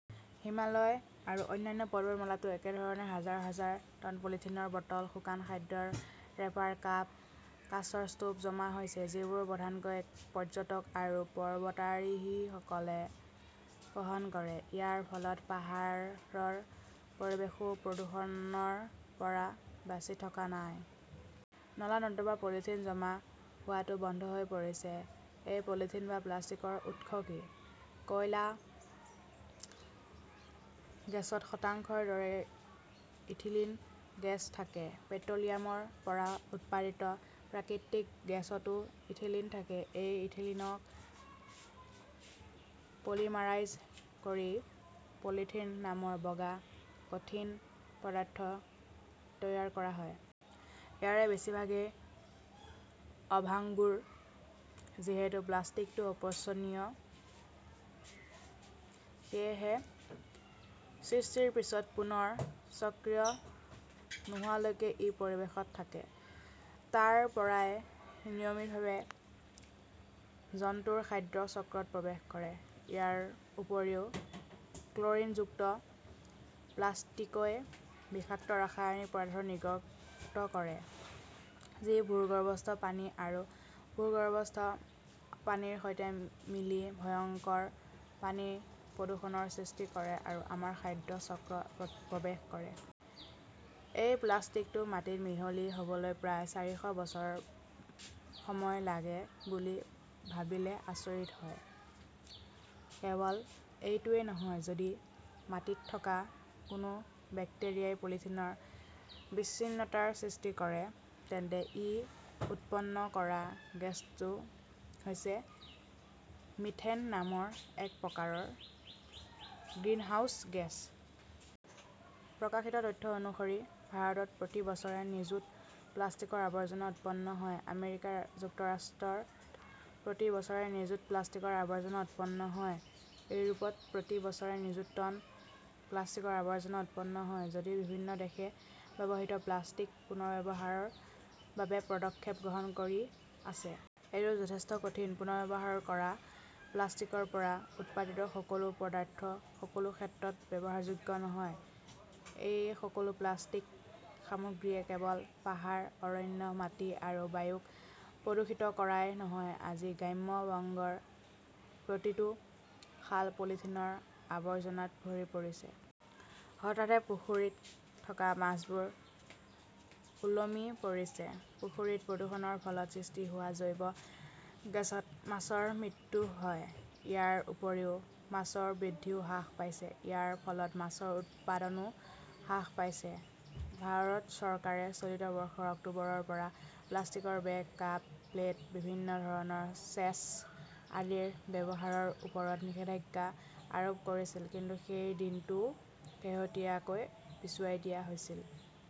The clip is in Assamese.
হিমালয় আৰু অন্যান্য পৰ্বতমালাতো একেধৰণে হাজাৰ - হাজাৰ টন পলিথিনৰ বটল, শুকান খাদ্যৰ ৰেপাৰ, কাপ, কাঁচৰ স্তূপ জমা হৈছে, যিবোৰ প্ৰধানকৈ পৰ্যটক আৰু পৰ্বতাৰোহীসকলে বহন কৰে। ইয়াৰ ফলত পাহাৰৰ পৰিৱেশও প্ৰদূষণৰ পৰা বাচি থকা নাই। নলা-নৰ্দমা পলিথিন জমা হোৱাটো বন্ধ হৈ পৰিছে। এই পলিথিন বা প্লাষ্টিকৰ উৎস কি? কয়লা গেছত শতাংশৰ দৰে ইথিলিন গেছ থাকে। পেট্ৰ'লিয়ামৰ পৰা উৎপাদিত প্ৰাকৃতিক গেছতো ইথিলিন থাকে। এই ইথিলিনক পলিমাৰাইজ কৰি পলিথিন নামৰ বগা কঠিন পদাৰ্থ তৈয়াৰ কৰা হয়। ইয়াৰে বেছিভাগেই অভাংগুৰ। যিহেতু প্লাষ্টিকটো অপচনীয়, সেয়েহে সৃষ্টিৰ পিছত পুনৰ চক্ৰিত নোহোৱালৈকে ই পৰিৱেশত থাকে। তাৰ পৰাই নিয়মিতভাৱে জন্তুৰ খাদ্য চক্ৰত প্ৰৱেশ কৰে। ইয়াৰ উপৰিও ক্লৰিনযুক্ত প্লাষ্টিকই বিষাক্ত ৰাসায়নিক পদাৰ্থ নিৰ্গত কৰে। যি ভূগৰ্ভস্থ পানী আৰু ভূগৰ্ভস্থ পানীৰ সৈতে মিলি ভয়ংকৰ পানী প্ৰদূষণৰ সৃষ্টি কৰে আৰু আমাৰ খাদ্য চক্ৰত প্ৰৱেশ কৰে। এই প্লাষ্টিকটো মাটিত মিহলি হ'বলৈ প্ৰায় চাৰিশ বছৰ সময় লাগে বুলি ভাবিলে আচৰিত হয়। কেৱল এইটোৱেই নহয়, যদি মাটিত থকা কোনো বেক্টেৰিয়াই পলিথিনৰ বিচ্ছিন্নতাৰ সৃষ্টি কৰে, তেন্তে ই উৎপন্ন কৰা গেছটো হৈছে মিথেন নামৰ এক প্ৰকাৰৰ গ্ৰিনহাউজ গেছ। প্ৰকাশিত তথ্য অনুসৰি, ভাৰতত প্ৰতি বছৰে নিযুত প্লাষ্টিকৰ আৱৰ্জনা উৎপন্ন হয়। আমেৰিকা যুক্তৰাষ্ট্ৰত প্ৰতি বছৰে নিযুত প্লাষ্টিকৰ আৱৰ্জনা উৎপন্ন হয়। ইউৰোপত প্ৰতি বছৰে নিযুত টন প্লাষ্টিকৰ আৱৰ্জনা উৎপন্ন হয়। যদিও বিভিন্ন দেশে ব্যৱহৃত প্লাষ্টিক পুনৰ্ব্যৱহাৰৰ বাবে পদক্ষেপ গ্ৰহণ কৰি আছে। এইটোও যথেষ্ট কঠিন। পুনৰ্ব্যৱহাৰ কৰা প্লাষ্টিকৰ পৰা উৎপাদিত সকলো পদাৰ্থ সকলো ক্ষেত্ৰতে ব্যৱহাৰযোগ্য নহয়। এই সকলো প্লাষ্টিক সামগ্ৰীয়ে কেৱল পাহাৰ, অৰণ্য, মাটি আৰু বায়ুক প্ৰদূষিত কৰাই নহয়, আজি গ্ৰাম্য বংগৰ প্ৰতিটো খাল পলিথিনৰ আৱৰ্জনাত ভৰি পৰিছে। হঠাতে পুখুৰীত থকা মাছবোৰ ওলমি পৰিছিল। পুখুৰীত প্ৰদূষণৰ ফলত সৃষ্টি হোৱা জৈৱ গেছত মাছৰ মৃত্যু হয়। ইয়াৰ উপৰিও, মাছৰ বৃদ্ধিও হ্ৰাস পাইছে। ইয়াৰ ফলত মাছৰ উৎপাদনও হ্ৰাস পাইছে। ভাৰত চৰকাৰে চলিত বৰ্ষৰ অক্টোবৰৰ পৰা প্লাষ্টিকৰ বেগ, কাপ, প্লেট, বিভিন্ন ধৰণৰ চেচ আদিৰ ব্যৱহাৰৰ ওপৰত নিষেধাজ্ঞা আৰোপ কৰিছিল। কিন্তু সেই দিনটোও শেহতীয়াকৈ পিছুৱাই দিয়া হৈছিল।